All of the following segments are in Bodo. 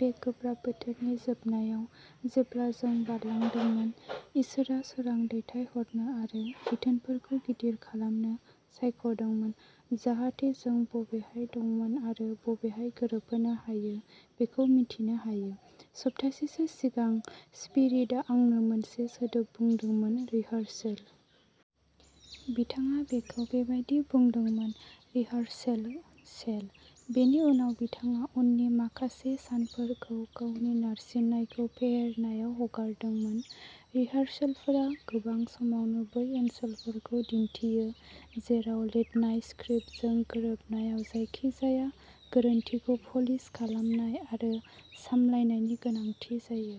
बे गोब्राब बोथोरनि जोबनायाव, जेब्ला जों बारलांदोंमोन, इसोरआ सोरां दैथायहरनो आरो बिथोनफोरखौ गिदिर खालामनो सायख'दोंमोन, जाहाथे जों बबेहाय दंमोन आरो बबेयाव गोरोबहोनो हायो बेखौ मिथिनो हायो! सप्तासेसो सिगां, स्पिरिटआ आंनो मोनसे सोदोब बुंदोंमोन, "रिहार्सेल।" बिथाङा बेखौ बेबायदि बुंदोंमोनः रिहार्सेल-सेल। बेनि उनाव बिथाङा उननि माखासे सानफोरखौ गावनि नारसिननायखौ फेहेरनायाव हगारदोंमोन। रिहार्सेलफोरा गोबां समावनो बै ओनसोलफोरखौ दिन्थियो, जेराव लिरनाय स्क्रिप्टजों गोरोबनायाव जायखिजाया गोरोन्थिखौ प'लिश खालामनाय आरो सामलायनायनि गोनांथि जायो।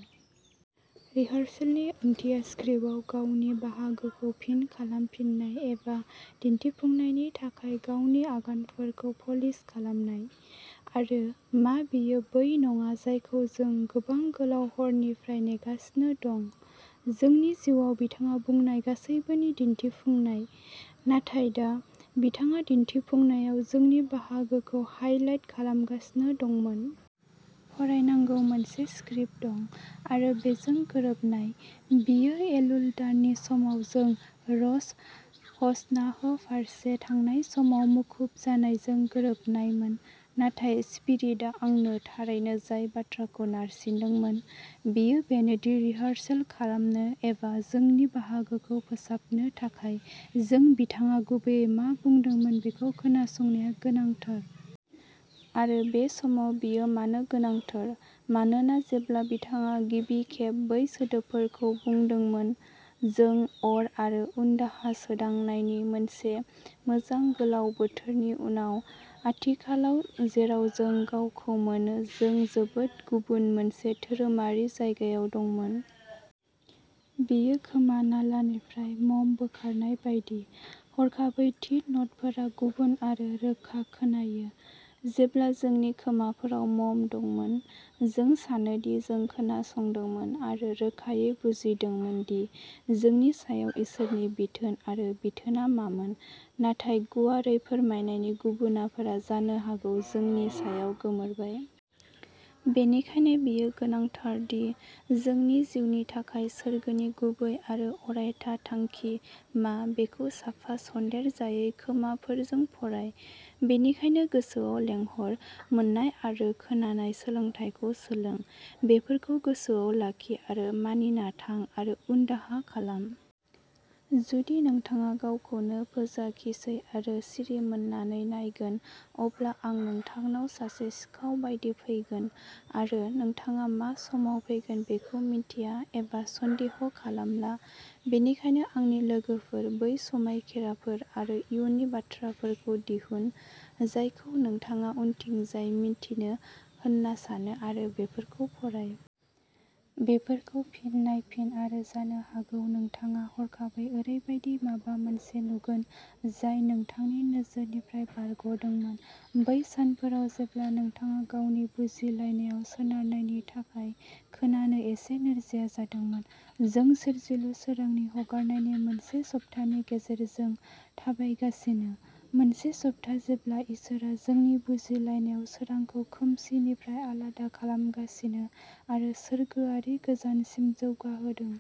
रिहार्सेलनि ओंथिया'स्क्रिप्टआव गावनि बाहागोखौ फिन खालामफिननाय एबा दिन्थिफुंनायनि थाखाय गावनि आगानफोरखौ प'लिश खालामनाय '!! आरो मा बेयो बै नङा जायखौ जों गोबां गोलाव हरनिफ्राय नेगासिनो दं, जोंनि जिउआव बिथाङा बुंनाय गासैबोनि दिन्थिफुंनाय?! नाथाय दा, बिथाङा दिन्थिफुंनायाव जोंनि बाहागोखौ हाईलाइट खालामगासिनो दंमोन। फरायनांगौ मोनसे स्क्रिप्ट दं। आरो बेजों गोरोबनाय। बेयो एलुल दाननि समाव जों र'श हशनाह फारसे थांनाय समाव मुखुब जानायजों गोरोबनायमोन। नाथाय स्पिरिटआ आंनो थारैनो जाय बाथ्राखौ नारसिनदोंमोन, बेयो बेनोदि रिहार्सेल खालामनो एबा जोंनि बाहागोखौ फोसाबनो थाखाय, जों बिथाङा गुबैयै मा बुंदोंमोन बेखौ खोनासंनाया गोनांथार। आरो बे समाव बेयो मानो गोनांथार? मानोना जेब्ला बिथाङा गिबि खेब बै सोदोबफोरखौ बुंदोंमोन, जों अर आरो उनदाहा सोदांनायनि मोनसे मोजां गोलाव बोथोरनि उनाव आथिखालाव जेराव जों गावखौ मोनो, जों जोबोद गुबुन मोनसे धोरोमारि जायगायाव दंमोन। बेयो खोमा नालानिफ्राय मम बोखारनाय बायदि। हरखाबै थि न'टफोरा गुबुन आरो रोखा खोनायो! जेब्ला जोंनि खोमाफोराव मम दंमोन, जों सानोदि जों खोनासंदोंमोन आरो रोखायै बुजिदोंमोन दि जोंनि सायाव इसोरनि बिथोन आरो बिथोनआ मामोन, नाथाय गुवारै फोरमायनायनि गुबुनाफोरा जानो हागौ जोंनि सायाव गोमोरबाय। बेनिखायनो बेयो गोनांथार दि जोंनि जिउनि थाखाय सोरगोनि गुबै आरो अरायथा थांखि मा बेखौ साफा, सन्देरजायै खोमाफोरजों फराय। बेनिखायनो गोसोआव लेंहर, मोन्नाय आरो खोनानाय सोलोंथायखौ सोलों; बेफोरखौ गोसोयाव लाखि आरो मानिना थां, आरो उनदाहा खालाम। जुदि नोंथाङा गावखौनो फोजाखिसै आरो सिरिमोननानै नायगोन, अब्ला आं नोंथांनाव सासे सिखाव बायदि फैगोन, आरो नोंथाङा मा समाव फैगोन बेखौ मिन्थिया एबा सन्देह खालामला। बेनिखायनो, आंनि लोगोफोर, बै समायखिराफोर आरो इयुननि बाथ्राफोरखौ दिहुन, जायखौ नोंथाङा उनथिंजाय मिन्थियो होनना सानो आरो बेफोरखौ फराय। बेफोरखौ फिन नायफिन आरो जानो हागौ नोंथाङा हरखाबै ओरैबायदि माबा मोनसे नुगोन जाय नोंथांनि नोजोरनिफ्राय बारग'दोंमोन बै सानफोराव जेब्ला नोंथाङा गावनि बुजिलायनायाव सोनारनायनि थाखाय खोनानो एसे नोरजिया जादोंमोन। जों सोरजिलु सोरांनि हगारनायनि मोनसे सप्तानि गेजेरजों थाबायगासिनो; मोनसे सप्ता जेब्ला इसोरआ जोंनि बुजिलायनायाव सोरांखौ खोमसिनिफ्राय आलादा खालामगासिनो आरो सोरगोआरि गोजानसिम जौगाहोदों।